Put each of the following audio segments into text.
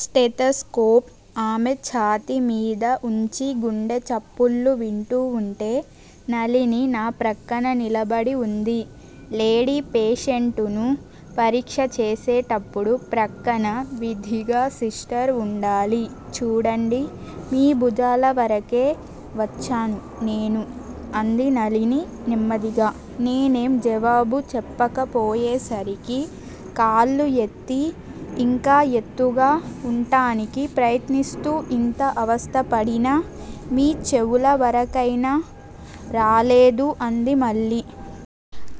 Stethoscope ఆమె ఛాతీమీద వుంచి గుండె చప్పుళ్ళు వింటూ వుంటే, నళిని నా ప్రక్కన నిలబడి వుంది. లేడీ పేషెంటును పరీక్ష చేసేటప్పుడు ప్రక్కన విధిగా సిస్టర్ వుండాలి. చూడండి. మీ భుజాల వరకే వచ్చాను నేను అంది నళిని నెమ్మదిగా. నేనేం జవాబు చెప్పకపోయేసరికి, కాళ్ళు ఎత్తి యింకా ఎత్తుగా వుంటానికి ప్రయత్నిస్తూ ఇంత అవస్థపడినా మీ చెవుల వరకైనా రాలేదు అంది మళ్ళీ.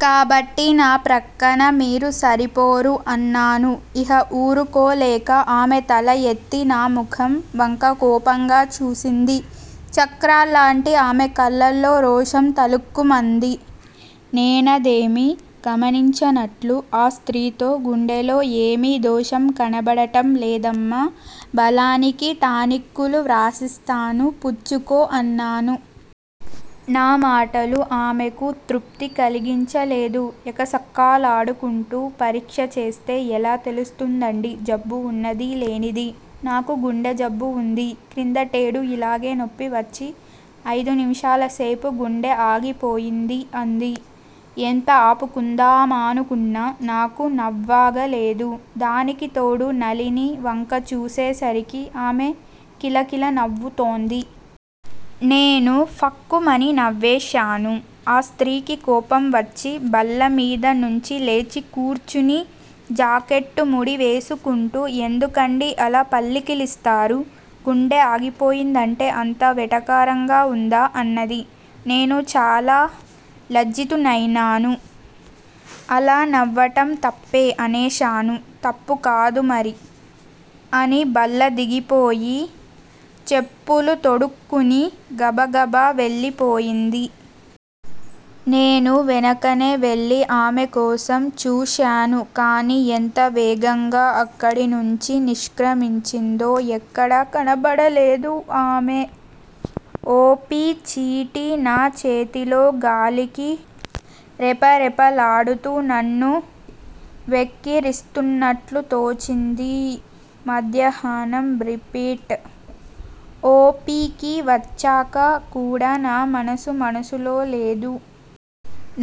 కాబట్టి నా ప్రక్కన మీరు సరిపోరు అన్నాను, యిహ ఊరుకోలేక. ఆమె తల ఎత్తి నాముఖం వంక కోపంగా చూసింది. చక్రాల్లాంటి ఆమె కళ్ళలో రోషం తళుక్కుమంది. నేనదేమీ గమనించనట్లు, ఆ స్త్రీతో గుండెలో ఏమీ దోషం కనబడటం లేదమ్మా! బలానికి టానిక్కులు వ్రాసిస్తాను పుచ్చుకో అన్నాను. నా మాటలు ఆమెకు తృప్తికలిగించలేదు. ఎకసక్కాలాడుకుంటూ పరీక్ష చేస్తే ఎలా తెలుస్తుందండీ, జబ్బు వున్నది లేనిదీ, నాకు గుండెజబ్బు వుంది క్రిందటేడు యిలాగే నొప్పివచ్చి అయిదు నిమిషాలసేపు గుండె ఆగిపోయింది అంది. ఎంత ఆపుకుందామానుకున్నా నాకు నవ్వాగలేదు. దానికి తోడు నళిని వంక చూసేసరికి ఆమె కిల కిల నవ్వుతోంది. నేనూ ఫక్కుమని నవ్వేశాను. ఆ స్త్రీకి కోపం వచ్చి బల్లమీద నుంచి లేచికూర్చుని, జాకెట్టు ముడి వేసుకుంటూ ఎందుకండీ అలా పళ్ళికిలిస్తారు? గుండె ఆగిపోయిందంటే అంత వెటకారంగా వుందా? అన్నది. నేను చాలా లజ్జితుణ్నయినాను అలా నవ్వటం తప్పే అనేశాను. తప్పు కాదూ మరి? అని బల్లదిగిపోయి, చెప్పులు తొడుక్కుని, గబ గబ వెళ్ళిపోయింది. నేను వెనకనే వెళ్ళి ఆమె కోసం చూశాను కాని, ఎంత వేగంగా అక్కడి నుంచి నిష్క్రమించిందో, ఎక్కడా కనబడలేదు ఆమె. ఓ. పి. చీటీ నా చేతిలో గాలికి రెపరెపలాడుతూ నన్ను వెక్కిరిస్తున్నట్లు తోచింది. మధ్యాహ్నం రిపీట్ ఓ. పి. కి వచ్చాక కూడా నా మనసు మనసులో లేదు.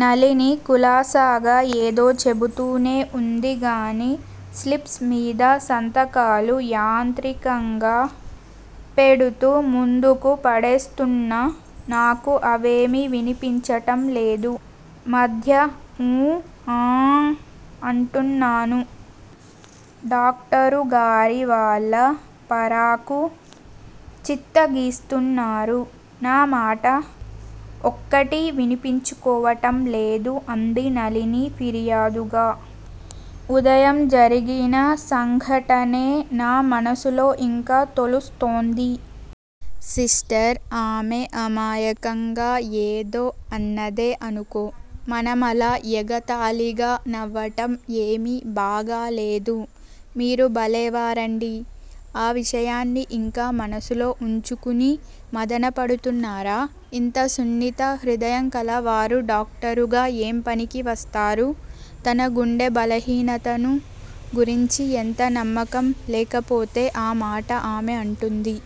నళిని కులాసాగా ఏదో చెబుతూనే వుందిగాని స్లిప్స్ మీద సంతకాలు యాంత్రికంగా పెడుతూ ముందుకు పడేస్తున్న నాకు అవేమీ వినిపించటంలేదు. మధ్య 'ఊ, ఆఁ' అంటున్నాను. డాక్టరుగారివాళ పరాకు చిత్తగిస్తున్నారు నా మాట ఒక్కటీ వినిపించుకోవటం లేదు అంది నళిని ఫిర్యాదుగా. ఉదయం జరిగిన సంఘటనే నా మనసులో యింకా తొలుస్తోంది. సిస్టర్! ఆమె అమాయకంగా ఏదో అన్నదే అనుకో, మనమలా ఎగతాళిగా నవ్వటం ఏమీ బాగాలేదు. మీరు బలేవారండీ, ఆ విషయాన్ని యింకా మనసులో వుంచుకుని మధనపడుతున్నారా? ఇంత సున్నిత హృదయం కలవారు డాక్టరుగా ఏం పనికి వస్తారు? తన గుండె బలహీనతను గురించి ఎంత నమ్మకం లేకపోతే ఆ మాట ఆమె అంటుంది?